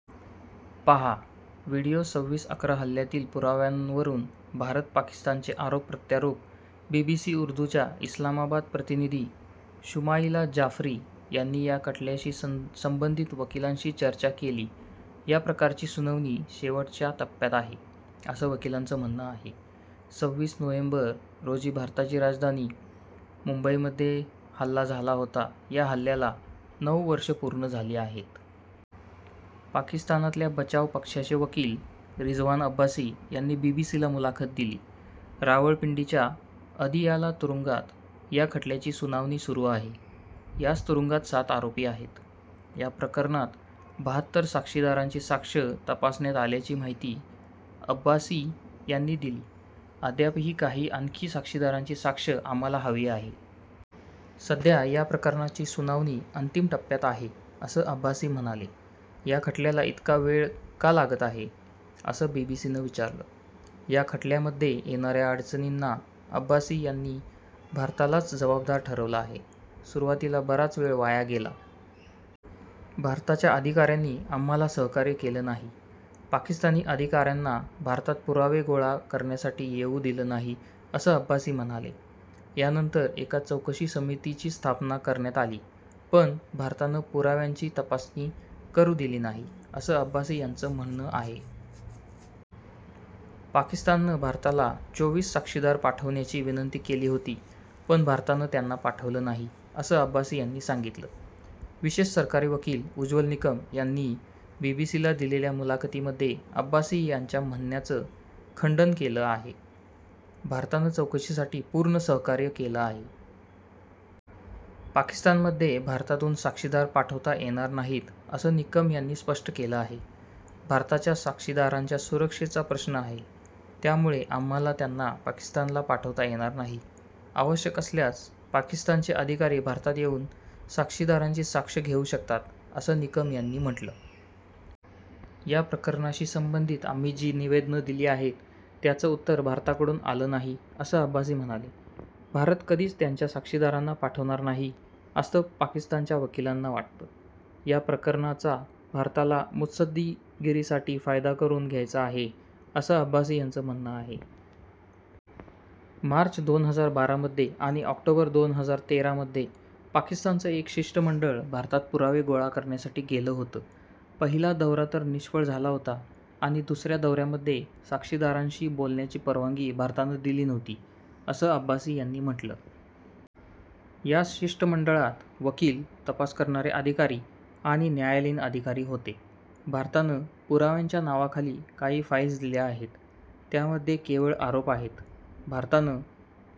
पाहा व्हीडिओ संविस /अकरा हल्ल्यातील पुराव्यांवरून भारत-पाकिस्तानचे आरोप प्रत्यारोप बीबीसी उर्दूच्या इस्लामाबाद प्रतिनिधी शुमाइला जाफरी यांनी या खटल्याशी संबंधित वकिलांशी चर्चा केली या प्रकरणाची सुनावणी शेवटच्या टप्प्यात आहे, असं वकिलांचं म्हणणं आहे. संविस नोव्हेंबर रोजी भारताची आर्थिक राजधानी मुंबईमध्ये हल्ला झाला होता या हल्ल्याला नऊ वर्ष पूर्ण झाली आहेत. पाकिस्तानातल्या बचाव पक्षाचे वकील रिजवान अब्बासी यांनी बीबीसीला मुलाखत दिली. रावळपिंडीच्या अदियाला तुरुंगात या खटल्याची सुनावणी सुरू आहे. याच तुरुंगात सात आरोपी आहेत. या प्रकरणात बहात्तर साक्षीदारांची साक्ष तपासण्यात आल्याची माहिती अब्बासी यांनी दिली अद्यापही काही आणखी साक्षीदारांची साक्ष आम्हाला हवी आहे. सध्या या प्रकरणाची सुनावणी अंतिम टप्प्यात आहे असं अब्बासी म्हणाले. या खटल्याला इतका वेळ का लागत आहे? असं बीबीसीनं विचारलं. या खटल्यामध्ये येणाऱ्या अडचणींना अब्बासी यांनी भारतालाच जबाबदार ठरवलं आहे. सुरुवातीला बराच वेळ वाया गेला. भारताच्या अधिकाऱ्यांनी आम्हाला सहकार्य केलं नाही. पाकिस्तानी अधिकाऱ्यांना भारतात पुरावे गोळा करण्यासाठी येऊ दिलं नाही असं अब्बासी म्हणाले. यानंतर एका चौकशी समितीची स्थापना करण्यात आली. पण भारतानं पुराव्यांची तपासणी करू दिली नाही असं अब्बासी यांचं म्हणणं आहे. पाकिस्ताननं भारताला चोवीस साक्षीदार पाठवण्याची विनंती केली होती पण भारतानं त्यांना पाठवलं नाही असं अब्बासी यांनी सांगितलं. विशेष सरकारी वकील उज्ज्वल निकम यांनी बीबीसीला दिलेल्या मुलाखतीमध्ये अब्बासी यांच्या म्हणण्याचं खंडन केलं आहे. भारतानं चौकशीसाठी पूर्ण सहकार्य केलं आहे. पाकिस्तानमध्ये भारतातून साक्षीदार पाठवता येणार नाहीत असं निकम यांनी स्पष्ट केलं आहे. भारताच्या साक्षीदारांच्या सुरक्षेचा प्रश्न आहे. त्यामुळं आम्हाला त्यांना पाकिस्तानला पाठवता येणार नाही. आवश्यक असल्यास पाकिस्तानचे अधिकारी भारतात येऊन साक्षीदारांची साक्ष घेऊ शकतात असं निकम यांनी म्हटलं. या प्रकरणाशी संबंधित आम्ही जी निवेदनं दिली आहेत त्यांचं उत्तर भारताकडून आलं नाही असं अब्बासी म्हणाले. भारत कधीच त्यांच्या साक्षीदारांना पाठवणार नाही असं पाकिस्तानच्या वकिलांना वाटतं. या प्रकरणाचा भारताला मुत्सद्देगिरीसाठी फायदा करून घ्यायचा आहे असं अब्बासी यांचं म्हणणं आहे. मार्च दोन हजार बारा मध्ये आणि ऑक्टोबर दोन हजार तेरा मध्ये पाकिस्तानचं एक शिष्टमंडळ भारतात पुरावे गोळा करण्यासाठी गेलं होतं पहिला दौरा तर निष्फळ झाला होता आणि दुसऱ्या दौऱ्यामध्ये साक्षीदारांशी बोलण्याची परवानगी भारतानं दिली नव्हती असं अब्बासी यांनी म्हटलं. या शिष्टमंडळात वकील, तपास करणारे अधिकारी आणि न्यायालयीन अधिकारी होते. भारतानं पुराव्यांच्या नावाखाली काही फाइल्स दिल्या आहेत. त्यामध्ये केवळ आरोप आहेत. भारतानं